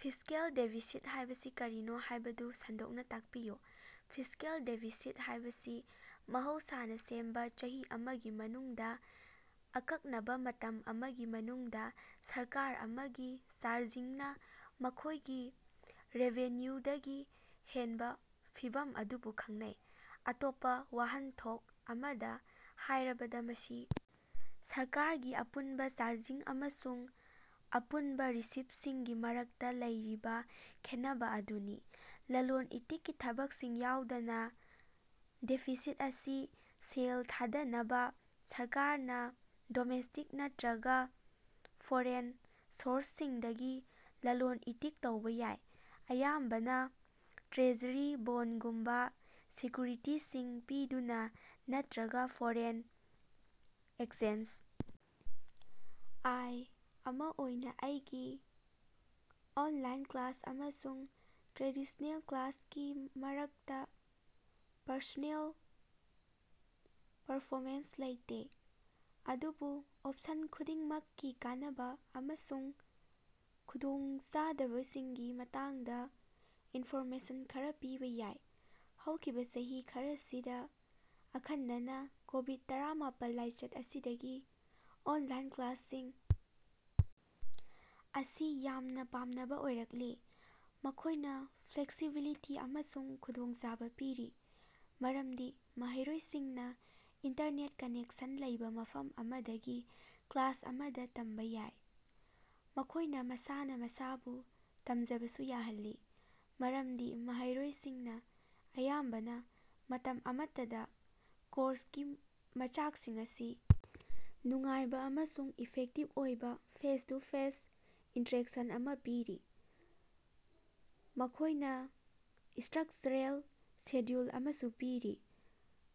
Fiscal deficit ꯍꯥꯏꯕꯁꯤ ꯀꯔꯤꯅꯣ ꯍꯥꯏꯕꯗꯨ ꯁꯟꯗꯣꯛꯅꯥ ꯇꯥꯛꯄꯤꯌꯨ꯫ ꯐꯤꯁ꯭ꯀꯦꯜ ꯗꯦꯐꯤꯁꯤꯠ ꯍꯥꯏꯕꯁꯤ ꯃꯍꯧꯁꯥꯅꯥ ꯁꯦꯝꯕꯥ ꯆꯍꯤ ꯑꯃꯒꯤ ꯃꯅꯨꯡꯗꯥ ꯑꯀꯛꯅꯕꯥ ꯃꯇꯝ ꯑꯃꯒꯤ ꯃꯅꯨꯡꯗꯥ ꯁꯔꯀꯥꯔ ꯑꯃꯒꯤ ꯆꯥꯔꯖꯤꯡꯅꯥ ꯃꯈꯣꯢꯒꯤ ꯔꯦꯚꯦꯅꯌꯨꯗꯒꯤ ꯍꯦꯟꯕꯥ ꯐꯤꯚꯝ ꯑꯗꯨꯕꯨ ꯈꯪꯅꯩ꯫ ꯑꯇꯣꯞꯄꯥ ꯋꯥꯍꯟꯊꯣꯛ ꯑꯃꯗꯥ ꯍꯥꯏꯔꯕꯗꯥ, ꯃꯁꯤ ꯁꯔꯀꯥꯔꯒꯤ ꯑꯄꯨꯟꯕꯥ ꯆꯥꯔꯖꯤꯡ ꯑꯃꯁꯨꯡ ꯑꯄꯨꯟꯕꯥ ꯔꯤꯁꯤꯞꯁꯤꯡꯒꯤ ꯃꯔꯛꯇꯥ ꯂꯩꯔꯤꯕꯥ ꯈꯦꯠꯅꯕꯥ ꯑꯗꯨꯅꯤ, ꯂꯂꯣꯟ-ꯏꯇꯤꯛꯀꯤ ꯊꯕꯛꯁꯤꯡ ꯌꯥꯎꯗꯅꯥ꯫ ꯗꯦꯐꯤꯁꯤꯠ ꯑꯁꯤ ꯁꯦꯜ ꯊꯥꯗꯅꯕꯥ ꯁꯔꯀꯥꯔꯅꯥ ꯗꯣꯃꯦꯁ꯭ꯇꯤꯛ ꯅꯠꯇꯔꯒꯥ ꯐꯣꯔꯦꯟ ꯁꯣꯔꯁꯁꯤꯡꯗꯒꯤ ꯂꯂꯣꯟ-ꯏꯇꯤꯛ ꯇꯧꯕꯥ ꯌꯥꯏ, ꯑꯌꯥꯝꯕꯅꯥ ꯇ꯭ꯔꯦꯖꯔꯤ ꯕꯣꯟꯗꯒꯨꯝꯕꯥ ꯁꯦꯀꯌꯨꯔꯤꯇꯤꯁꯤꯡ ꯄꯤꯗꯨꯅꯥ ꯅꯠꯇꯔꯒꯥ ꯐꯣꯔꯦꯟ ꯑꯦꯛꯆꯦꯟꯖ ꯑꯥꯏ. ꯑꯃꯥ ꯑꯣꯏꯅꯥ ꯑꯩꯒꯤ ꯑꯣꯟꯂꯥꯏꯟ ꯀ꯭ꯂꯥꯁ ꯑꯃꯁꯨꯡ ꯇ꯭ꯔꯦꯗꯤꯁ꯭ꯅꯦꯜ ꯀ꯭ꯂꯥꯁꯀꯤ ꯃꯔꯛꯇꯥ ꯄꯔꯁꯣꯅꯦꯜ ꯄꯔꯐꯣꯔꯦꯟꯁ ꯂꯩꯇꯦ, ꯑꯗꯨꯕꯨ ꯑꯣꯞꯁꯟ ꯈꯨꯗꯤꯡꯃꯛꯀꯤ ꯀꯥꯟꯅꯕꯥ ꯑꯃꯁꯨꯡ ꯈꯨꯗꯣꯡꯆꯥꯗꯕꯁꯤꯡꯒꯤ ꯃꯇꯥꯡꯗꯥ ꯏꯟꯐꯣꯔꯃꯦꯁꯟ ꯈꯔꯥ ꯄꯤꯕꯥ ꯌꯥꯏ꯫ ꯍꯧꯈꯤꯕꯥ ꯆꯍꯤ ꯈꯔꯁꯤꯗꯥ ꯑꯈꯟꯅꯅꯥ ꯀꯣꯕꯤꯠ-ꯇꯔꯥꯃꯥꯄꯜ ꯂꯥꯏꯆꯠ ꯑꯁꯤꯗꯒꯤ ꯑꯣꯟꯂꯥꯏꯟ ꯀ꯭ꯂꯥꯁꯁꯤꯡ ꯑꯁꯤ ꯌꯥꯝꯅꯥ ꯄꯥꯝꯅꯕꯥ ꯑꯣꯏꯔꯛꯂꯤ꯫ ꯃꯈꯣꯏꯅꯥ ꯐ꯭ꯂꯦꯛꯁꯤꯕꯤꯂꯤꯇꯤ ꯑꯃꯁꯨꯡ ꯈꯨꯗꯣꯡꯆꯥꯕꯥ ꯄꯤꯔꯤ, ꯃꯔꯝꯗꯤ ꯃꯍꯩꯔꯣꯏꯁꯤꯡꯅꯥ ꯏꯟꯇꯔꯅꯦꯠ ꯀꯅꯦꯛꯁꯟ ꯂꯩꯕꯥ ꯃꯐꯝ ꯑꯃꯗꯒꯤ ꯀ꯭ꯂꯥꯁ ꯑꯃꯗꯥ ꯇꯝꯕꯥ ꯌꯥꯏ꯫ ꯃꯈꯣꯏꯅꯥ ꯃꯁꯥꯅꯥ ꯃꯁꯥꯕꯨ ꯇꯝꯖꯕꯁꯨ ꯌꯥꯍꯜꯂꯤ, ꯃꯔꯝꯗꯤ ꯃꯍꯩꯔꯣꯏꯁꯤꯡꯅꯥ ꯑꯌꯥꯝꯕꯅꯥ ꯃꯇꯝ ꯑꯃꯠꯇꯗꯥ ꯀꯣꯔꯁꯀꯤ ꯃꯆꯥꯛꯁꯤꯡ ꯑꯁꯤ ꯅꯨꯡꯉꯥꯏꯕꯥ ꯑꯃꯁꯨꯡ ꯏꯐꯦꯛꯇꯤꯚ ꯑꯣꯏꯕꯥ ꯐꯦꯁ-ꯇꯨ-ꯐꯦꯁ ꯏꯟꯇꯔꯦꯛꯁꯟ ꯑꯃꯥ ꯄꯤꯔꯤ꯫ ꯃꯈꯣꯏꯅꯥ ꯁ꯭ꯇꯔꯛꯆꯔꯦꯜ ꯁꯦꯗ꯭ꯌꯨꯜ ꯑꯃꯁꯨ ꯄꯤꯔꯤ,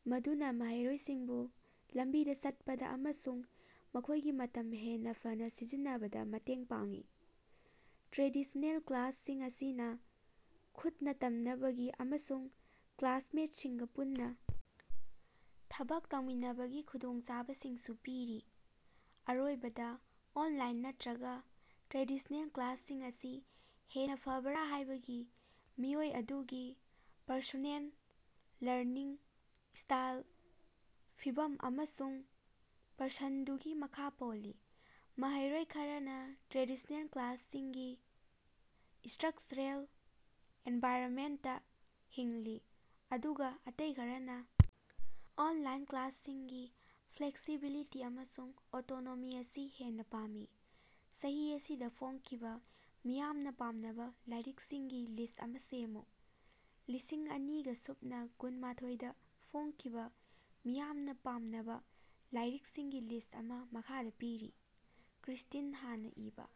ꯃꯗꯨꯅꯥ ꯃꯍꯩꯔꯣꯏꯁꯤꯡꯕꯨ ꯂꯝꯕꯤꯗꯥ ꯆꯠꯄꯗꯥ ꯑꯃꯁꯨꯡ ꯃꯈꯣꯏꯒꯤ ꯃꯇꯝ ꯍꯦꯟꯅꯥ ꯐꯅꯥ ꯁꯤꯖꯤꯟꯅꯕꯗꯥ ꯃꯇꯦꯡ ꯄꯥꯡꯏ꯫ ꯇ꯭ꯔꯦꯗꯤꯁꯅꯦꯜ ꯀ꯭ꯂꯥꯁꯁꯤꯡ ꯑꯁꯤꯅꯥ ꯈꯨꯠꯅꯥ ꯇꯝꯅꯕꯒꯤ ꯑꯃꯁꯨꯡ ꯀ꯭ꯂꯥꯁꯃꯦꯠꯁꯤꯡꯒꯥ ꯄꯨꯟꯅꯥ ꯊꯕꯛ ꯇꯧꯃꯤꯟꯅꯕꯒꯤ ꯈꯨꯗꯣꯡꯆꯥꯕꯁꯤꯡꯁꯨ ꯄꯤꯔꯤ꯫ ꯑꯔꯣꯏꯕꯗꯥ, ꯑꯣꯅꯂꯥꯏꯟ ꯅꯠꯇꯔꯒꯥ ꯇ꯭ꯔꯦꯗꯤꯁꯅꯦꯜ ꯀ꯭ꯂꯥꯁꯁꯤꯡ ꯑꯁꯤ ꯍꯦꯟꯅꯥ ꯐꯕꯔꯥ ꯍꯥꯏꯕꯁꯤ ꯃꯤꯑꯣꯏ ꯑꯗꯨꯒꯤ ꯄꯔꯁꯣꯅꯦꯜ ꯂꯔꯅꯤꯡ ꯁ꯭ꯇꯥꯏꯜ, ꯐꯤꯚꯝ ꯑꯃꯁꯨꯡ ꯄꯔꯁꯟꯗꯨꯒꯤ ꯃꯈꯥ ꯄꯣꯜꯂꯤ꯫ ꯃꯍꯩꯔꯣꯏ ꯈꯔꯅꯥ ꯇ꯭ꯔꯦꯗꯤꯁ꯭ꯅꯦꯜ ꯀ꯭ꯂꯥꯁꯁꯤꯡꯒꯤ ꯁ꯭ꯠꯔꯛꯆꯔꯦꯜ ꯑꯦꯟꯚꯥꯏꯔꯟꯃꯦꯟꯠꯇꯥ ꯍꯤꯡꯂꯤ, ꯑꯗꯨꯒꯥ ꯑꯇꯩ ꯈꯔꯅꯥ ꯑꯣꯟꯂꯥꯏꯟ ꯀ꯭ꯂꯥꯁꯁꯤꯡꯒꯤ ꯐ꯭ꯂꯦꯛꯁꯤꯕꯤꯂꯤꯇꯤ ꯑꯃꯁꯨꯡ ꯑꯣꯇꯣꯅꯣꯃꯤ ꯑꯁꯤ ꯍꯦꯟꯅꯥ ꯄꯥꯝꯃꯤ꯫ ꯆꯍꯤ ꯑꯁꯤꯗꯥ ꯐꯣꯡꯈꯤꯕꯥ ꯃꯤꯌꯥꯝꯅꯥ ꯄꯥꯝꯅꯕꯥ ꯂꯥꯏꯔꯤꯛꯁꯤꯡꯒꯤ ꯂꯤꯁ꯭ꯠ ꯑꯃꯥ ꯁꯦꯝꯃꯨ꯫ ꯂꯤꯁꯤꯡ ꯑꯅꯤꯒ ꯁꯨꯞꯅ ꯀꯨꯟꯃꯥꯊꯣꯏ ꯗꯥ ꯐꯣꯡꯈꯤꯕꯥ ꯃꯤꯌꯥꯝꯅꯥ ꯄꯥꯝꯅꯕꯥ ꯂꯥꯏꯔꯤꯛꯁꯤꯡꯒꯤ ꯂꯤꯁ꯭ꯠ ꯑꯃꯥ ꯃꯈꯥꯗꯥ ꯄꯤꯔꯤ: ꯀ꯭ꯔꯤꯁ꯭ꯇꯤꯟ ꯍꯥꯟꯅꯥ ꯏꯕꯥ